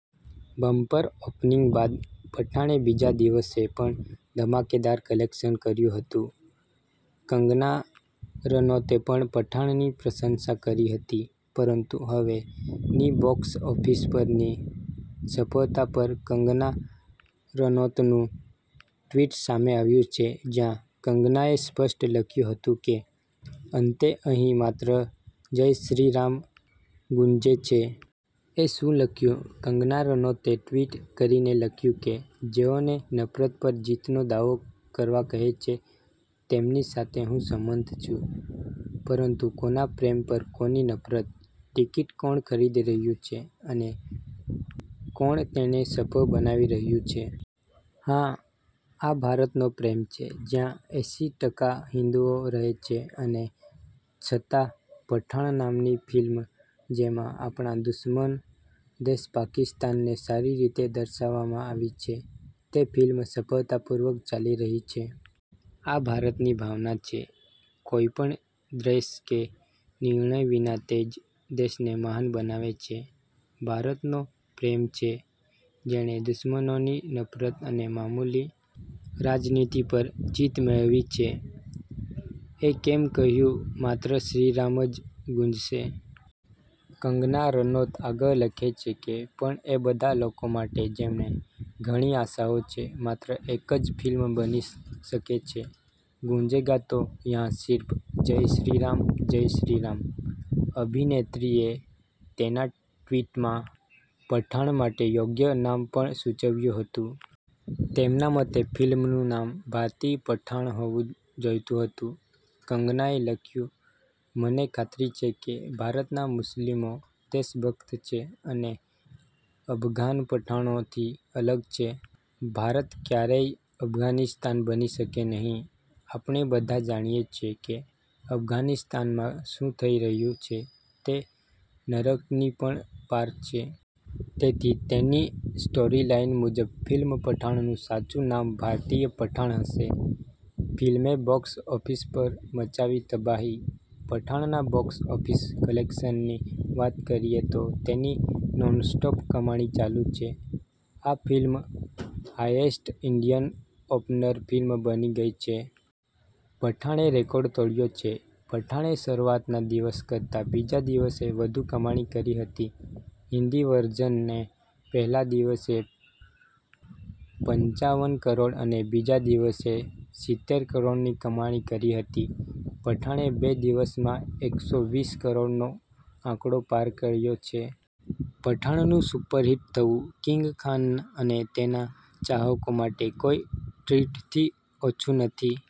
Bumper opening બાદ પઠાણે બીજા દિવસે પણ ધમાકેદાર કલેક્શન કર્યું હતું. કંગના રનૌતે પણ પઠાણની પ્રશંસા કરી હતી. પરંતુ હવે ની બોક્સ ઓફિસ પરની સફળતા પર કંગના રનૌતનું ટ્વિટ સામે આવ્યું છે. જ્યાં કંગનાએ સ્પષ્ટ લખ્યું હતું કે અંતે અહીં માત્ર જય શ્રી રામ ગુંજે છે. એ શું લખ્યું? કંગના રનૌતે ટ્વીટ કરીને લખ્યું કે, જેઓ ને નફરત પર જીતનો દાવો કરવા કહે છે તેમની સાથે હું સંમત છું, પરંતુ કોના પ્રેમ પર કોની નફરત? ટિકિટ કોણ ખરીદી રહ્યું છે અને કોણ તેને સફળ બનાવી રહ્યું છે? હા, આ ભારતનો પ્રેમ છે, જ્યાં એસી ટકા હિંદુઓ રહે છે અને છતાં પઠાણ નામની ફિલ્મ, જેમાં આપણા દુશ્મન દેશ પાકિસ્તાન ને સારી રીતે દર્શાવવામાં આવી છે, તે ફિલ્મ સફળતાપૂર્વક ચાલી રહી છે. આ ભારતની ભાવના છે. કોઈપણ દ્વેષ કે નિર્ણય વિના તે જ દેશને મહાન બનાવે છે. આ ભારતનો પ્રેમ છે જેણે દુશ્મનોની નફરત અને મામૂલી રાજનીતિ પર જીત મેળવી છે. એ કેમ કહ્યું માત્ર શ્રીરામ જ ગુંજશે? કંગના રનૌત આગળ લખે છે કે પણ એ બધા લોકો માટે જેમને ઘણી આશાઓ છે માત્ર એક ફિલ્મ બની શકે છે ગુંજેગા તો યહાં સિર્ફ જય શ્રી રામ, જય શ્રી રામ. અભિનેત્રીએ તેના ટ્વીટમાં પઠાણ માટે યોગ્ય નામ પણ સૂચવ્યું હતું. તેમના મતે ફિલ્મનું નામ ભારતીય પઠાણ હોવું જોઈતું હતું. કંગનાએ લખ્યું, 'મને ખાતરી છે કે, ભારતના મુસ્લિમો દેશભક્ત છે અને અફઘાન પઠાણોથી અલગ છે. ભારત ક્યારેય અફઘાનિસ્તાન બની શકે નહીં. આપણે બધા જાણીએ છીએ કે અફઘાનિસ્તાનમાં શું થઈ રહ્યું છે, તે નરકની પણ પાર છે. તેથી તેની સ્ટોરીલાઇન મુજબ ફિલ્મ પઠાણનું સાચું નામ ભારતીય પઠાણ હશે.' ફિલ્મે બોક્સ ઓફિસ પર મચાવી તબાહી- પઠાણના બોક્સ ઓફિસ કલેક્શનની વાત કરીએ તો તેની નોનસ્ટોપ કમાણી ચાલુ છે. આ film highest Indian opener film બની ગઈ છે. પઠાણે રેકોર્ડ તોડ્યો છે. પઠાણે શરૂઆતના દિવસ કરતાં બીજા દિવસે વધુ કમાણી કરી હતી. હિન્દી વર્ઝને પહેલા દિવસે પંચાવન કરોડ અને બીજા દિવસે સિતેર કરોડની કમાણી કરી હતી. પઠાણે બે દિવસમાં એકસો વીસ કરોડનો આંકડો પાર કર્યો છે. પઠાણનું સુપરહિટ થવું કિંગ ખાન અને તેના ચાહકો માટે કોઈ ટ્રીટથી ઓછું નથી.